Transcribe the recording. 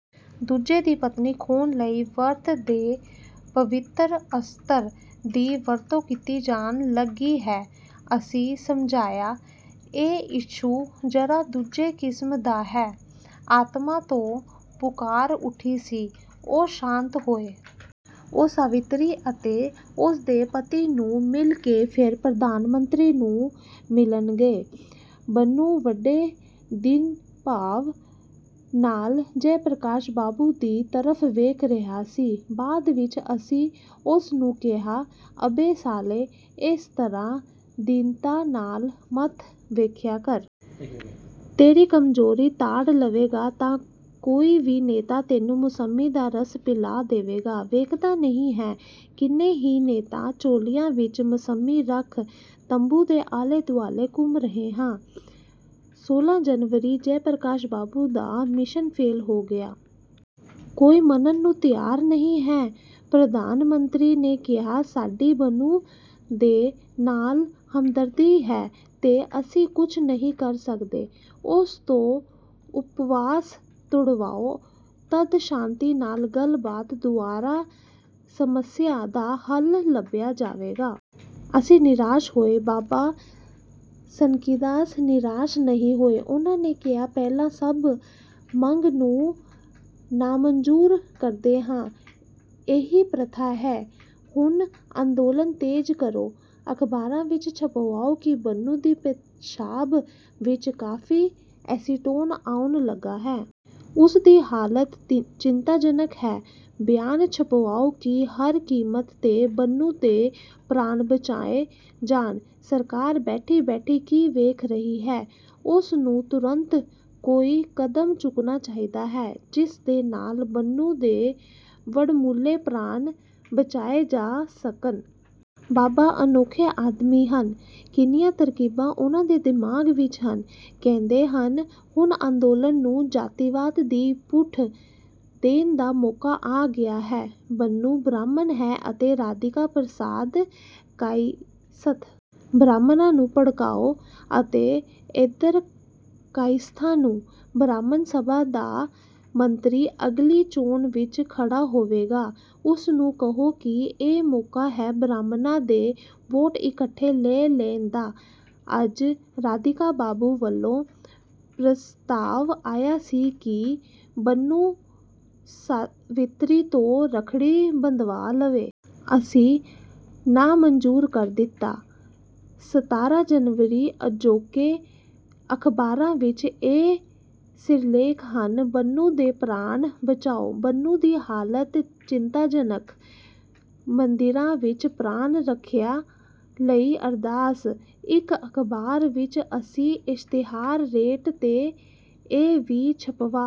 ਦੂਜੇ ਦੀ ਪਤਨੀ ਖੋਹਣ ਲਈ ਵਰਤ ਦੇ ਪਵਿਤਰ ਅਸਤਰ ਦੀ ਵਰਤੋਂ ਕੀਤੀ ਜਾਣ ਲੱਗੀ ਹੈ। " ਅਸੀਂ ਸਮਝਾਇਆ, "ਇਹ ਇਸ਼ੂ ਜਰਾ ਦੂਜੇ ਕਿਸਮ ਦਾ ਹੈ। ਆਤਮਾ ਤੋਂ ਪੁਕਾਰ ਉੱਠੀ ਸੀ। " ਉਹ ਸ਼ਾਂਤ ਹੋਏ। ਉਹ ਸਾਵਿਤਰੀ ਅਤੇ ਉਸਦੇ ਪਤੀ ਨੂੰ ਮਿਲਕੇ ਫਿਰ ਪ੍ਰਧਾਨਮੰਤਰੀ ਨੂੰ ਮਿਲਣਗੇ। ਬੰਨੂ ਵੱਡੇ ਦੀਨਭਾਵ ਨਾਲ ਜੈਪ੍ਰਕਾਸ਼ ਬਾਬੂ ਦੀ ਤਰਫ ਵੇਖ ਰਿਹਾ ਸੀ। ਬਾਅਦ ਵਿੱਚ ਅਸੀਂ ਉਸਨੂੰ ਕਿਹਾ, "ਅਬੇ ਸਾਲੇ, ਇਸ ਤਰ੍ਹਾਂ ਦੀਨਤਾ ਨਾਲ ਮਤ ਵੇਖਿਆ ਕਰ। ਤੇਰੀ ਕਮਜੋਰੀ ਤਾੜ ਲਵੇਗਾ ਤਾਂ ਕੋਈ ਵੀ ਨੇਤਾ ਤੈਨੂੰ ਮੁਸੰਮੀ ਦਾ ਰਸ ਪਿਆਲ ਦੇਵੇਗਾ। ਵੇਖਦਾ ਨਹੀਂ ਹੈ, ਕਿੰਨੇ ਹੀ ਨੇਤਾ ਝੋਲਿਆਂ ਵਿੱਚ ਮੁਸੰਮੀ ਰੱਖ ਤੰਬੂ ਦੇ ਆਲੇ-ਦੁਆਲੇ ਘੁੰਮ ਰਹੇ ਹਾਂ। ਸੋਲ੍ਹਾਂ ਜਨਵਰੀ ਜੈਪ੍ਰਕਾਸ਼ ਬਾਬੂ ਦਾ ਮਿਸ਼ਨ ਫੇਲ ਹੋ ਗਿਆ। ਕੋਈ ਮੰਨਣ ਨੂੰ ਤਿਆਰ ਨਹੀਂ ਹੈ। ਪ੍ਰਧਾਨ ਮੰਤਰੀ ਨੇ ਕਿਹਾ, "ਸਾਡੀ ਬੰਨੂ ਦੇ ਨਾਲ ਹਮਦਰਦੀ ਹੈ, ਤੇ ਅਸੀਂ ਕੁੱਝ ਨਹੀਂ ਕਰ ਸਕਦੇ। ਉਸ ਤੋਂ ਉਪਵਾਸ ਤੁੜਵਾਓ, ਤੱਦ ਸ਼ਾਂਤੀ ਨਾਲ ਗੱਲ ਬਾਤ ਦੁਆਰਾ ਸਮੱਸਿਆ ਦਾ ਹੱਲ ਲਭਿਆ ਜਾਵੇਗਾ। ਅਸੀਂ ਨਿਰਾਸ਼ ਹੋਏ, ਬਾਬਾ ਸਨਕੀਦਾਸ ਨਿਰਾਸ਼ ਨਹੀਂ ਹੋਏ। ਉਨ੍ਹਾਂ ਨੇ ਕਿਹਾ, "ਪਹਿਲਾਂ ਸਭ ਮੰਗ ਨੂੰ ਨਾਮੰਜੂਰ ਕਰਦੇ ਹਾਂ। ਇਹੀ ਪ੍ਰਥਾ ਹੈ। ਹੁਣ ਅੰਦੋਲਨ ਤੇਜ ਕਰੋ। ਅਖਬਾਰਾਂ ਵਿੱਚ ਛਪਵਾਓ ਕਿ ਬੰਨੂ ਦੀ ਪੇਸ਼ਾਬ ਵਿੱਚ ਕਾਫ਼ੀ ਏਸੀਟੋਨ ਆਉਣ ਲੱਗਾ ਹੈ। ਉਸਦੀ ਹਾਲਤ ਚਿੰਤਾਜਨਕ ਹੈ। ਬਿਆਨ ਛਪਵਾਓ ਕਿ ਹਰ ਕੀਮਤ ਤੇ ਬੰਨੂ ਦੇ ਪ੍ਰਾਣ ਬਚਾਏ ਜਾਣ। ਸਰਕਾਰ ਬੈਠੀ -ਬੈਠੀ ਕੀ ਵੇਖ ਰਹੀ ਹੈ? ਉਸਨੂੰ ਤੁਰੰਤ ਕੋਈ ਕਦਮ ਚੁੱਕਣਾ ਚਾਹੀਦਾ ਹੈ ਜਿਸਦੇ ਨਾਲ ਬੰਨੂ ਦੇ ਵਡਮੁੱਲੇ ਪ੍ਰਾਣ ਬਚਾਏ ਜਾ ਸਕਣ। " ਬਾਬਾ ਅਨੋਖੇ ਆਦਮੀ ਹਨ। ਕਿੰਨੀਆਂ ਤਰਕੀਬਾਂ ਉਨ੍ਹਾਂ ਦੇ ਦਿਮਾਗ ਵਿੱਚ ਹਨ। ਕਹਿੰਦੇ ਹਨ, "ਹੁਣ ਅੰਦੋਲਨ ਨੂੰ ਜਾਤੀਵਾਦ ਦੀ ਪੁਠ ਦੇਣ ਦਾ ਮੌਕਾ ਆ ਗਿਆ ਹੈ। ਬੰਨੂ ਬਰਾਹਮਣ ਹੈ ਅਤੇ ਰਾਧੀਕਾ ਪ੍ਰਸਾਦ ਕਾਇਸਥ। ਬਰਾਹਮਣਾ ਨੂੰ ਭੜਕਾਓ ਅਤੇ ਏਧਰ ਕਾਇਸਥਾਂ ਨੂੰ। ਬਰਾਹਮਣ ਸਭਾ ਦਾ ਮੰਤਰੀ ਅਗਲੀ ਚੋਣ ਵਿੱਚ ਖੜਾ ਹੋਵੇਗਾ। ਉਸਨੂੰ ਕਹੋ ਕਿ ਇਹੀ ਮੌਕਾ ਹੈ ਬਰਾਹਮਣਾ ਦੇ ਵੋਟ ਇੱਕਠੇ ਲੈ ਲੈਣ ਦਾ। ਅੱਜ ਰਾਧੀਕਾ ਬਾਬੂ ਵੱਲੋਂ ਪ੍ਰਸਤਾਵ ਆਇਆ ਸੀ ਕਿ ਬੰਨੂ ਸਾਵਿਤਰੀ ਤੋਂ ਰੱਖੜੀ ਬੰਧਵਾ ਲਵੇ। ਅਸੀਂ ਨਾਮੰਜੂਰ ਕਰ ਦਿੱਤਾ। ਸਤਾਰ੍ਹਾਂ ਜਨਵਰੀ ਅਜੋਕੇ ਅਖਬਾਰਾਂ ਵਿੱਚ ਇਹ ਸਿਰਲੇਖ ਹਨ ਬੰਨੂ ਦੇ ਪ੍ਰਾਣ ਬਚਾਓ! ਬੰਨੂ ਦੀ ਹਾਲਤ ਚਿੰਤਾਜਨਕ! ਮੰਦਿਰਾਂ ਵਿੱਚ ਪ੍ਰਾਣ- ਰੱਖਿਆ ਲਈ ਅਰਦਾਸ! ਇੱਕ ਅਖ਼ਬਾਰ ਵਿੱਚ ਅਸੀਂ ਇਸ਼ਤਿਹਾਰ ਰੇਟ ਤੇ ਇਹ ਵੀ ਛਪਵਾ